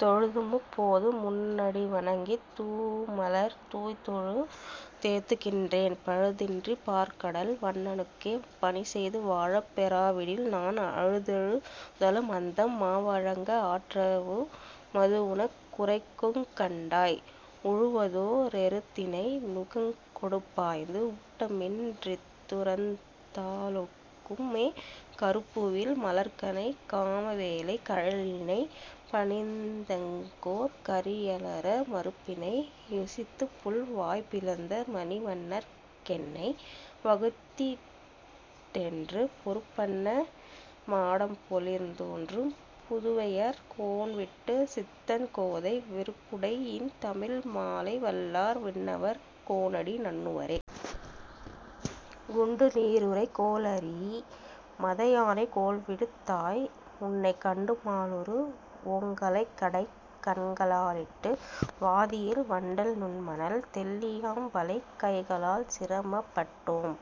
தொழுதுமுப் போதுமுன் னடிவணங்கித் தூமலர் தூய்த்தொழு தேத்துகின்றேன், பழுதின்றிப் பாற்கடல் வண்ணனுக்கே பணிசெய்து வாழப் பெறாவிடில்நான், அழுதழு தலமந்தம் மாவழங்க ஆற்றவு மதுவுனக் குறைக்குங்கண்டாய், உழுவதோ ரெருத்தினை நுகங்கொடுபாய்ந்து ஊட்டமின் றித்துரந் தாலொக்குமே. கருப்புவில் மலர்க்கணைக் காமவேளைக் கழலிணை பணிந்தங்கோர் கரியலற, மருப்பினை யொசித்துப்புள் வாய்பிளந்த மணிவண்ணற் கென்னை வகுத்திடென்று, பொருப்பன்ன மாடம்பொ லிந்துதோன்றும் புதுவையர் கோன்விட்டு சித்தன்கோதை, விருப்புடை யின்தமிழ் மாலைவல்லார் விண்ணவர் கோனடி நண்ணுவரே.: குண்டுநீருறை கோளரீ. மத யானைகோள்விடுத் தாய், உன்னைக் கண்டுமாலுறு வோங்களைக்கடைக் கண்களாலிட்டு வாதியேல், வண்டல்நுண்மணல் தெள்ளியாம்வளைக் கைகளால்சிர மப்பட்டோ ம்,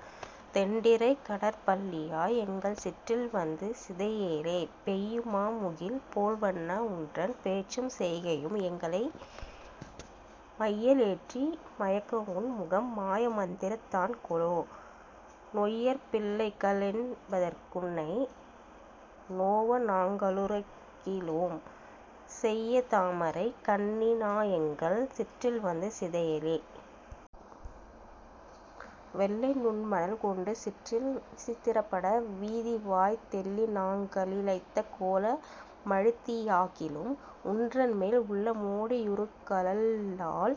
தெண்டிரைக்கடற் பள்ளியாய். எங்கள் சிற்றில்வந்து சிதையேலே. பெய்யுமாமுகில் போல்வண்ணா. உன்றன், பேச்சும்செய்கையும், எங்களை மையலேற்றி மயக்கவுன்முகம் மாயமந்திரந் தான்கொலோ, நொய்யர்பிள்ளைக ளென்பதற்குன்னை நோவநாங்களு ரைக்கிலோம், செய்யதாமரைக் கண்ணினாயெங்கள் சிற்றில்வந்து சிதையேலே. வெள்ளைநுண்மணல் கொண்டுசிற்றில் விசித்திரப்பட, வீதிவாய்த் தெள்ளிநாங்களி ழைத்தகோல மழித்தியாகிலும், உன்றன்மேல் உள்ளமோடி யுருகலல்லால்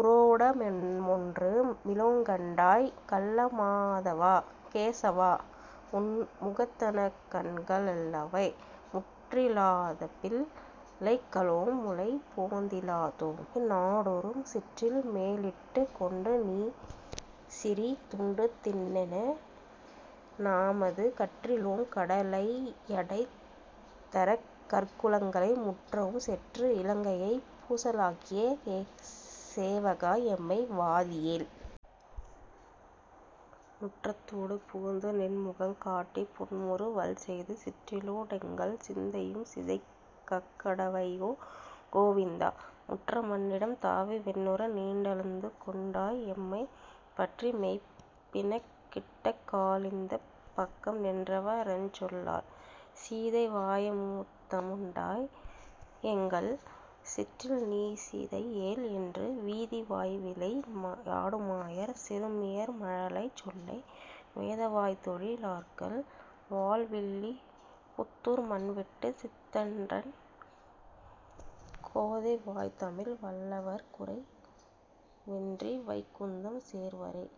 உரோடமொன்று மிலோங்கண்டாய், கள்ளமாதவா. கேசவா. உன் முகத்தனகண்க ளல்லவே. முற்றிலாதபிள் ளைகளோம்முலை போந்திலாதோமை, நாடொறும் சிற்றில்மேலிட்டுக் கொண்டுநீசிறி துண்டுதிண்ணென நாமது கற்றிலோம், கட லையடைத்தரக்- கர்குலங்களை முற்றவும் செற்று, இலங்கையைப் பூசலாக்கிய சேவகா. எம்மை வாதியேல். முற்றத்தூடு புகுந்துநின்முகங் காட்டிப்புன்முறு வல்செய்து, சிற்றிலோடெங்கள் சிந்தையும்சிதைக் கக்கடவையோ கோவிந்தா, முற்றமண்ணிடம் தாவிவிண்ணுற நீண்டளந்துகொண் டாய், எம்மைப்- பற்றிமெய்ப்பிணக் கிட்டக்காலிந்தப் பக்கம்நின்றவ ரெஞ்சொல்லார்? சீதைவாயமு தமுண்டாய். எங்கள் சிற்றில்நீசிதை யேல். என்று, வீதிவாய்விளை யாடுமாயர் சிறுமியர்மழ லைச்சொல்லை, வேதவாய்த்தொழி லார்கள்வாழ்வில்லி புத்தூர்மன்விட்டு சித்தன்றன், கோதைவாய்த்தமிழ் வல்லவர்குறை வின்றிவைகுந்தம் சேர்வரே.: